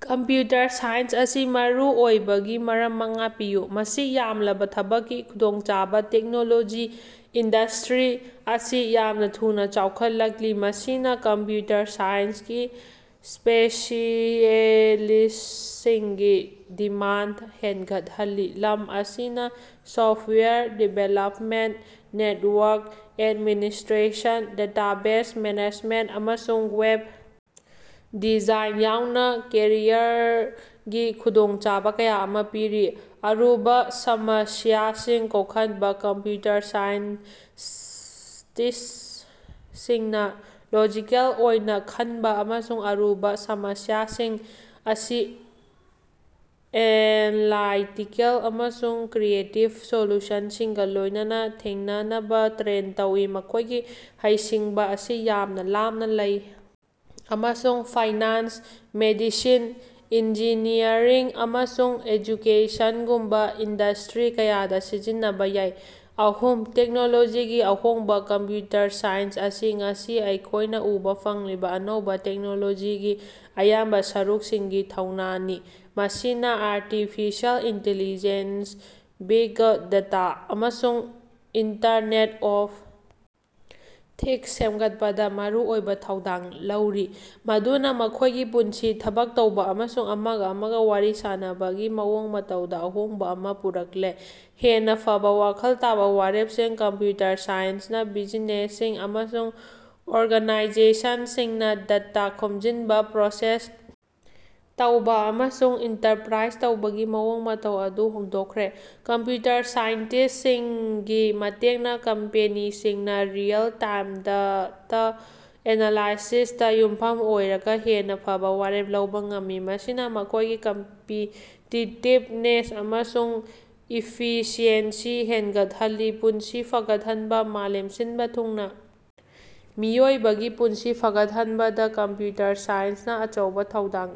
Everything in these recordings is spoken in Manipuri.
ꯀꯝꯄꯌꯨꯇꯔ ꯁꯥꯏꯟꯁ ꯑꯁꯤ ꯃꯔꯨꯑꯣꯏꯕꯒꯤ ꯃꯔꯝ ꯃꯉꯥ ꯄꯤꯌꯨ꯫ ꯃꯁꯤꯡ ꯌꯥꯝꯂꯕ ꯊꯕꯛꯀꯤ ꯈꯨꯗꯣꯡꯆꯥꯕ- ꯇꯦꯛꯅꯣꯂꯣꯖꯤ ꯏꯟꯗꯁ꯭ꯠꯔꯤ ꯑꯁꯤ ꯌꯥꯝꯅ ꯊꯨꯅꯥ ꯆꯥꯎꯈꯠꯂꯛꯂꯤ, ꯃꯁꯤꯅ ꯀꯝꯄꯌꯨꯇꯔ ꯁꯥꯏꯟꯁꯀꯤ ꯁ꯭ꯄꯦꯁꯤꯑꯦꯂꯤꯁ꯭ꯇꯁꯤꯡꯒꯤ ꯗꯤꯃꯥꯟꯗ ꯍꯦꯒꯠꯍꯜꯂꯤ꯫ ꯂꯝ ꯑꯁꯤꯅ software development, network administration, database management, ꯑꯃꯁꯨꯡ ꯋꯦꯕ ꯗꯤꯖꯥꯏꯟ ꯌꯥꯎꯅꯥ ꯀꯦꯔꯤꯌꯔꯒꯤ ꯈꯨꯗꯣꯡꯆꯥꯕ ꯀꯌꯥ ꯑꯃ ꯄꯤꯔꯤ꯫ ꯑꯔꯨꯕꯥ ꯁꯃꯁꯤꯌꯥꯁꯤꯡ ꯀꯣꯛꯍꯟꯕꯥ- ꯀꯝꯄꯌꯨꯇꯔ ꯁꯥꯏꯟꯇꯤꯁ꯭ꯇꯁꯤꯡꯅ ꯂꯣꯖꯤꯀꯦꯜ ꯑꯣꯏꯅ ꯈꯟꯕꯥ ꯑꯃꯁꯨꯡ ꯑꯔꯨꯕꯥ ꯁꯃꯁꯤꯌꯥꯁꯤꯡ ꯑꯁꯤ ꯑꯦꯟꯂꯥꯏꯇꯤꯀꯦꯜ ꯑꯃꯁꯨꯡ ꯀ꯭ꯔꯤꯌꯦꯇꯤꯕ ꯁꯣꯂꯨꯁꯟꯁꯤꯡꯒꯥ ꯂꯣꯏꯅꯅꯥ ꯊꯦꯡꯅꯅꯕꯥ ꯇ꯭ꯔꯦꯟ ꯇꯧꯏ꯫ ꯃꯈꯣꯏꯒꯤ ꯍꯩꯁꯤꯡꯕꯥ ꯑꯁꯤ ꯌꯥꯝꯅ ꯂꯥꯞꯅ ꯂꯩ ꯑꯃꯁꯨꯡ ꯐꯥꯏꯅꯥꯟꯁ, ꯃꯦꯗꯤꯁꯤꯟ, ꯏꯟꯖꯤꯅꯤꯌꯔꯤꯡ, ꯑꯃꯁꯨꯡ ꯑꯦꯖꯨꯀꯦꯁꯟꯒꯨꯝꯕꯥ ꯏꯟꯗꯁ꯭ꯇꯔꯤ ꯀꯌꯥꯗ ꯁꯤꯖꯤꯟꯅꯕꯥ ꯌꯥꯏ꯫ ꯑꯍꯨꯝ) ꯇꯦꯛꯅꯣꯂꯣꯖꯤꯒꯤ ꯑꯍꯣꯡꯕꯥ- ꯀꯝꯄꯌꯨꯇꯔ ꯁꯥꯏꯟꯁ ꯑꯁꯤ ꯉꯁꯤ ꯑꯩꯈꯣꯏꯅꯥ ꯎꯕꯥ ꯐꯪꯂꯤꯕꯥ ꯑꯅꯧꯕꯥ ꯇꯦꯛꯅꯣꯂꯣꯖꯤꯒꯤ ꯑꯌꯥꯝꯕ ꯁꯔꯨꯛꯁꯤꯡꯒꯤ ꯊꯧꯅꯥꯅꯤ꯫ ꯃꯁꯤꯅ ꯑꯥꯔꯇꯤꯐꯤꯁꯤꯑꯦꯜ ꯏꯟꯇꯤꯂꯤꯖꯦꯟꯁ, ꯕꯤꯒ ꯗꯇꯥ ꯑꯃꯁꯨꯡ ꯏꯟꯇꯔꯅꯦꯠ ꯑꯣꯐ ꯊꯤꯡꯁ ꯁꯦꯝꯒꯠꯄꯗꯥ ꯃꯔꯨꯑꯣꯏꯕ ꯊꯧꯗꯥꯡ ꯂꯧꯔꯤ, ꯃꯗꯨꯅꯥ ꯑꯩꯈꯣꯏꯒꯤ ꯄꯨꯟꯁꯤ, ꯊꯕꯛ ꯇꯧꯕ ꯑꯃꯁꯨꯡ ꯑꯃꯒ ꯑꯃꯒ ꯋꯥꯔꯤ ꯁꯥꯅꯕꯒꯤ ꯃꯑꯣꯡ ꯃꯇꯧꯗ ꯑꯍꯣꯡꯕꯥ ꯑꯃ ꯄꯨꯔꯛꯂꯦ꯫ ꯍꯦꯟꯅꯥ ꯐꯕꯥ ꯋꯥꯈꯜ ꯇꯥꯕ ꯋꯥꯔꯦꯞꯁꯤꯡ- ꯀꯝꯄꯌꯨꯇꯔ ꯁꯥꯏꯟꯁꯅꯥ ꯕꯤꯖꯤꯅꯦꯁꯁꯤꯡ ꯑꯃꯁꯨꯡ ꯑꯣꯔꯒꯅꯥꯏꯖꯦꯁꯟꯁꯤꯡꯅ ꯗꯇꯥ ꯈꯣꯝꯖꯤꯟꯕꯥ, ꯄ꯭ꯔꯣꯁꯦꯁ ꯇꯧꯕ ꯑꯃꯁꯨꯡ ꯏꯟꯇꯔꯄꯔꯥꯏꯖ ꯇꯧꯕꯒꯤ ꯃꯑꯣꯡ ꯃꯇꯧ ꯑꯗꯨ ꯍꯣꯡꯗꯣꯛꯈ꯭ꯔꯦ꯫ ꯀꯝꯄꯌꯨꯇꯔ ꯁꯥꯏꯟꯇꯤꯁ꯭ꯇꯁꯤꯡꯒꯤ ꯃꯇꯦꯡꯅꯥ ꯀꯝꯄꯦꯅꯤꯁꯤꯡꯅꯥ ꯔꯤꯑꯦꯜ-ꯇꯥꯏꯝ ꯗꯇꯥ ꯑꯦꯅꯥꯂꯥꯏꯁꯤꯁꯇꯥ ꯌꯨꯝꯐꯝ ꯑꯣꯏꯔꯒꯥ ꯍꯦꯟꯅꯥ ꯐꯕꯥ ꯋꯥꯔꯦꯞ ꯂꯧꯕ ꯉꯝꯃꯤ, ꯃꯁꯤꯅ ꯃꯈꯣꯏꯒꯤ ꯀꯝꯄꯤꯇꯤꯇꯤꯕꯅꯦꯁ ꯑꯃꯁꯨꯡ ꯏꯐꯤꯁꯤꯑꯦꯟꯁꯤ ꯍꯦꯒꯠꯍꯜꯂꯤ꯫ ꯄꯨꯟꯁꯤ ꯐꯒꯠꯍꯟꯕꯥ- ꯃꯥꯂꯦꯝ ꯁꯤꯟꯕꯥ ꯊꯨꯡꯅꯥ ꯃꯤꯑꯣꯏꯕꯒꯤ ꯄꯨꯟꯁꯤ ꯐꯒꯠꯍꯟꯕꯗꯥ ꯀꯝꯄꯌꯨꯇꯔ ꯁꯥꯏꯟꯁꯅꯥ ꯑꯆꯧꯕꯥ ꯊꯧꯗꯥꯡ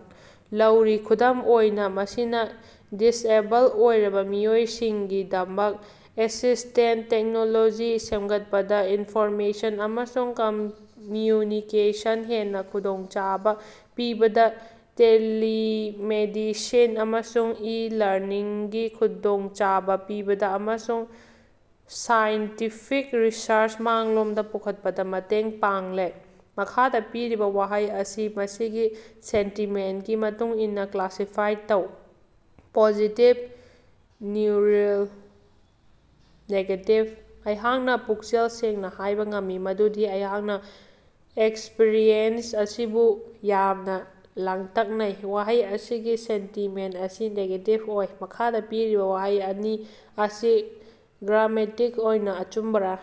ꯂꯧꯔꯤ꯫ ꯈꯨꯗꯝ ꯑꯣꯏꯅ, ꯃꯁꯤꯅ ꯗꯤꯁꯑꯦꯕꯜ ꯑꯣꯏꯔꯕ ꯃꯤꯑꯣꯏꯁꯤꯡꯒꯤꯗꯃꯛ ꯑꯦꯁꯤꯁ꯭ꯇꯦꯟꯇ ꯇꯦꯛꯅꯣꯂꯣꯖꯤ ꯁꯦꯝꯒꯠꯄꯗꯥ, ꯏꯟꯐꯣꯔꯃꯦꯁꯟ ꯑꯃꯁꯨꯡ ꯀꯝꯃꯌꯨꯅꯤꯀꯦꯁꯟ ꯍꯦꯟꯅ ꯈꯨꯗꯣꯡꯆꯥꯕ ꯄꯤꯕꯗ, ꯇꯦꯂꯤꯃꯦꯗꯤꯁꯤꯟ ꯑꯃꯁꯨꯡ ꯏ-ꯂꯔꯅꯤꯡꯒꯤ ꯈꯨꯗꯣꯡꯆꯥꯕ ꯄꯤꯕꯗꯥ, ꯑꯃꯁꯨꯡ ꯁꯥꯏꯟꯇꯤꯐꯤꯛ ꯔꯤꯁꯔꯆ ꯃꯥꯡꯂꯣꯝꯗꯥ ꯄꯨꯈꯠꯄꯗꯥ ꯃꯇꯦꯡ ꯄꯥꯡꯂꯦ꯫ ꯃꯈꯥꯗ ꯄꯤꯔꯤꯕꯥ ꯋꯥꯍꯩ ꯑꯁꯤ ꯃꯁꯤꯒꯤ ꯁꯦꯟꯇꯤꯃꯦꯟꯇꯀꯤ ꯃꯇꯨꯡ ꯏꯟꯅꯥ ꯀ꯭ꯂꯥꯁꯤꯐꯥꯏ ꯇꯧ (ꯄꯣꯖꯤꯇꯤꯕ, ꯅ꯭ꯌꯨꯠꯔꯤꯜ, ꯅꯦꯒꯦꯇꯤꯕ)꯫ ꯑꯩꯍꯥꯛꯅꯥ ꯄꯨꯛꯆꯦꯜ ꯁꯦꯡꯅꯥ ꯍꯥꯏꯕꯥ ꯉꯝꯃꯤ ꯃꯗꯨꯗꯤ ꯑꯩꯍꯥꯛꯅꯥ ꯑꯦꯛꯁꯄꯔꯤꯌꯦꯟꯁ ꯑꯁꯤꯕꯨ ꯌꯥꯝꯅ ꯂꯥꯡꯇꯛꯅꯩ꯫ ꯋꯥꯍꯩ ꯑꯁꯤꯒꯤ ꯁꯦꯟꯇꯤꯃꯦꯟꯇ ꯑꯁꯤ ꯅꯦꯒꯦꯇꯤꯕ ꯑꯣꯏ꯫ ꯃꯈꯥꯗ ꯄꯤꯔꯤꯕꯥ ꯋꯥꯍꯩ ꯑꯅꯤ ꯑꯁꯤ ꯒ꯭ꯔꯥꯃꯦꯇꯤꯛ ꯑꯣꯏꯅ ꯑꯆꯨꯝꯕꯔꯥ?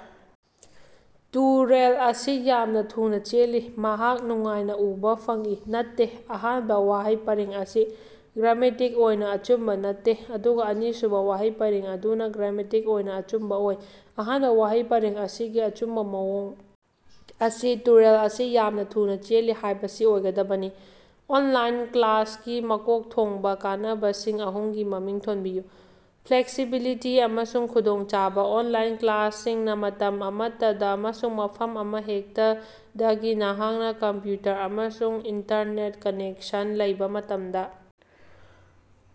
ꯇꯨꯔꯦꯜ ꯑꯁꯤ ꯌꯥꯝꯅ ꯊꯨꯅꯥ ꯆꯦꯜꯂꯤ꯫ ꯃꯍꯥꯛ ꯅꯨꯡꯉꯥꯏꯅ ꯎꯕꯥ ꯐꯪꯏ꯫ ꯅꯠꯇꯦ, ꯑꯍꯥꯟꯕ ꯋꯥꯍꯩ ꯄꯔꯦꯡ ꯑꯁꯤ ꯒ꯭ꯔꯥꯃꯦꯇꯤꯛ ꯑꯣꯏꯅ ꯑꯆꯨꯝꯕꯥ ꯅꯠꯇꯦ, ꯑꯗꯨꯒ ꯑꯅꯤꯁꯨꯕꯥ ꯋꯥꯍꯩ ꯄꯔꯦꯡ ꯑꯗꯨꯅ ꯒ꯭ꯔꯥꯃꯦꯇꯤꯛ ꯑꯣꯏꯅ ꯑꯆꯨꯝꯕꯥ ꯑꯣꯏ꯫ ꯑꯍꯥꯟꯕ ꯋꯥꯍꯩ ꯄꯔꯦꯡ ꯑꯁꯤꯒꯤ ꯑꯆꯨꯝꯕ ꯃꯑꯣꯡ ꯑꯁꯤ ꯇꯨꯔꯦꯜ ꯑꯁꯤ ꯌꯥꯝꯅꯥ ꯊꯨꯅꯥ ꯆꯦꯜꯂꯤ" ꯍꯥꯏꯕꯁꯤ ꯑꯣꯏꯒꯗꯕꯅꯤ꯫ ꯑꯣꯟꯂꯥꯏꯟ ꯀ꯭ꯂꯥꯁꯀꯤ ꯃꯀꯣꯛ ꯊꯣꯡꯕꯥ ꯀꯥꯟꯅꯕꯁꯤꯡ ꯑꯍꯨꯝꯒꯤ ꯃꯃꯤꯡ ꯊꯣꯟꯕꯤꯌꯨ꯫ ꯐ꯭ꯂꯦꯛꯁꯤꯕꯤꯂꯤꯇꯤ ꯑꯃꯁꯨꯡ ꯈꯨꯗꯣꯡꯆꯥꯕ: ꯑꯣꯟꯂꯥꯏꯟ ꯀ꯭ꯂꯥꯁꯁꯤꯡꯅꯥ ꯃꯇꯝ ꯑꯃꯠꯇꯗꯥ ꯑꯃꯁꯨꯡ ꯃꯐꯝ ꯑꯃꯍꯦꯛꯇꯗꯒꯤ, ꯅꯍꯥꯛꯅꯥ ꯀꯝꯄꯌꯨꯇꯔ ꯑꯃꯁꯨꯡ ꯏꯟꯇꯔꯅꯦꯠ ꯀꯅꯦꯛꯁꯟ ꯂꯩꯕ ꯃꯇꯝꯗꯥ,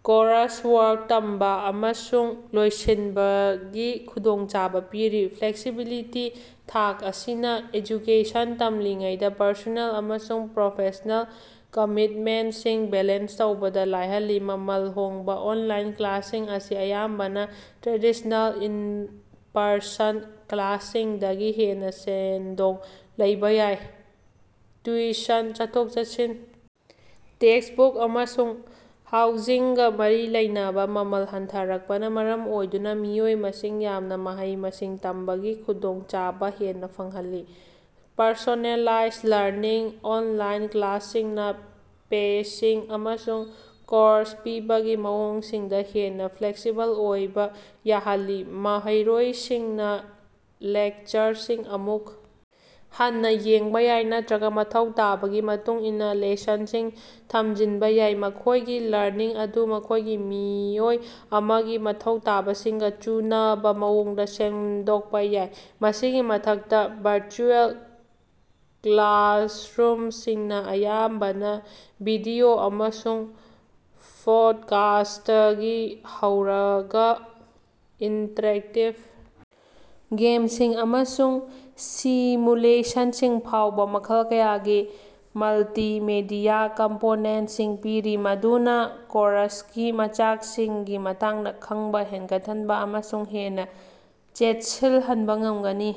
ꯀꯣꯔꯁꯋꯥꯔꯛ ꯇꯝꯕꯥ ꯑꯃꯁꯨꯡ ꯂꯣꯏꯁꯤꯟꯕꯒꯤ ꯈꯨꯗꯣꯡꯆꯥꯕ ꯄꯤꯔꯤ꯫ ꯐ꯭ꯂꯦꯛꯁꯤꯕꯤꯂꯤꯇꯤꯒꯤ ꯊꯥꯛ ꯑꯁꯤꯅ ꯑꯦꯖꯨꯀꯦꯁꯟ ꯇꯝꯂꯤꯉꯩꯗ ꯄꯔꯁꯣꯅꯦꯜ ꯑꯃꯁꯨꯡ ꯄ꯭ꯔꯣꯐꯦꯁ꯭ꯅꯦꯜ ꯀꯃꯤꯠꯃꯦꯟꯇꯁꯤꯡ ꯕꯦꯂꯦꯟꯁ ꯇꯧꯕꯗ ꯂꯥꯏꯍꯜꯂꯤ꯫ ꯃꯃꯜ ꯍꯣꯡꯕꯥ: ꯑꯣꯟꯂꯥꯏꯟ ꯀ꯭ꯂꯥꯁꯁꯤꯡ ꯑꯁꯤ ꯑꯌꯥꯝꯕꯅꯥ ꯇ꯭ꯔꯦꯗꯤꯁ꯭ꯅꯦꯜ ꯏꯟ-ꯄꯔꯁꯟ ꯀ꯭ꯂꯥꯁꯁꯤꯡꯗꯒꯤ ꯍꯦꯟꯅꯥ ꯁꯦꯟꯗꯣꯡ ꯂꯩꯕ ꯌꯥꯏ꯫ ꯇꯤꯎꯁꯟ, ꯆꯠꯊꯣꯛ-ꯆꯠꯁꯤꯟ, ꯇꯦꯛꯁꯕꯨꯛ, ꯑꯃꯁꯨꯡ ꯍꯥꯎꯖꯤꯡꯒꯥ ꯃꯔꯤ ꯂꯩꯅꯕꯥ ꯃꯃꯜ ꯍꯟꯊꯔꯛꯄꯅ ꯃꯔꯝ ꯑꯣꯏꯗꯨꯅꯥ ꯃꯤꯑꯣꯏ ꯃꯁꯤꯡ ꯌꯥꯝꯅꯥ ꯃꯍꯩ-ꯃꯁꯤꯡ ꯇꯝꯕꯒꯤ ꯈꯨꯗꯣꯡꯆꯥꯕ ꯍꯦꯟꯅꯥ ꯐꯪꯍꯜꯂꯤ꯫ ꯄꯔꯁꯣꯅꯦꯂꯥꯏꯖ ꯂꯔꯅꯤꯡ: ꯑꯣꯅꯂꯥꯏꯟ ꯀ꯭ꯂꯥꯁꯁꯤꯡꯅꯥ ꯄꯦꯁꯤꯡ ꯑꯃꯁꯨꯡ ꯀꯣꯔꯁ ꯄꯤꯕꯒꯤ ꯃꯑꯣꯡꯁꯤꯡꯗꯥ ꯍꯦꯟꯅꯥ ꯐ꯭ꯂꯦꯛꯁꯤꯕꯜ ꯑꯣꯏꯕꯥ ꯌꯥꯍꯜꯂꯤ꯫ ꯃꯍꯩꯔꯣꯏꯁꯤꯡꯅꯥ ꯂꯦꯛꯆꯔꯁꯤꯡ ꯑꯃꯨꯛ ꯍꯟꯅꯥ ꯌꯦꯡꯕꯥ ꯌꯥꯏ ꯅꯠꯇꯔꯒ ꯃꯊꯧ ꯇꯥꯕꯒꯤ ꯃꯇꯨꯡ ꯏꯟꯅꯥ ꯂꯦꯁꯟꯁꯤꯡ ꯊꯝꯖꯤꯟꯕꯥ ꯌꯥꯏ, ꯃꯈꯣꯏꯒꯤ ꯂꯔꯅꯤꯡ ꯑꯗꯨ ꯃꯈꯣꯏꯒꯤ ꯃꯤꯑꯣꯏ ꯑꯃꯒꯤ ꯃꯊꯧ ꯇꯥꯕꯁꯤꯡꯒꯥ ꯆꯨꯅꯕꯥ ꯃꯑꯣꯡꯗ ꯁꯦꯝꯗꯣꯛꯄ ꯌꯥꯏ꯫ ꯃꯁꯤꯒꯤ ꯃꯊꯛꯇꯥ, ꯚꯔꯆꯨꯑꯦꯜ ꯀ꯭ꯂꯥꯁꯔꯨꯝꯁꯤꯡꯅꯥ ꯑꯌꯥꯝꯕꯅ ꯚꯤꯗꯤꯑꯣ ꯑꯃꯁꯨꯡ ꯄꯣꯗꯀꯥꯁ꯭ꯇꯇꯒꯤ ꯍꯧꯔꯒꯥ ꯏꯟꯇꯔꯦꯛꯇꯤꯕ ꯒꯦꯝꯁꯤꯡ ꯑꯃꯁꯨꯡ ꯁꯤꯃꯨꯂꯦꯁꯟꯁꯤꯡ ꯐꯥꯎꯕ ꯃꯈꯜ ꯀꯌꯥꯒꯤ ꯃꯜꯇꯤꯃꯦꯗꯤꯌꯥ ꯀꯝꯄꯣꯅꯦꯟꯇꯁꯤꯡ ꯄꯤꯔꯤ, ꯃꯗꯨꯅꯥ ꯀꯣꯔꯁꯀꯤ ꯃꯆꯥꯛꯁꯤꯡꯒꯤ ꯃꯇꯥꯡꯗ ꯈꯪꯕꯥ ꯍꯦꯒꯠꯍꯟꯕꯥ ꯑꯃꯁꯨꯡ ꯍꯦꯟꯅꯥ ꯆꯦꯠꯁꯤꯜꯍꯟꯕꯥ ꯉꯝꯒꯅꯤ꯫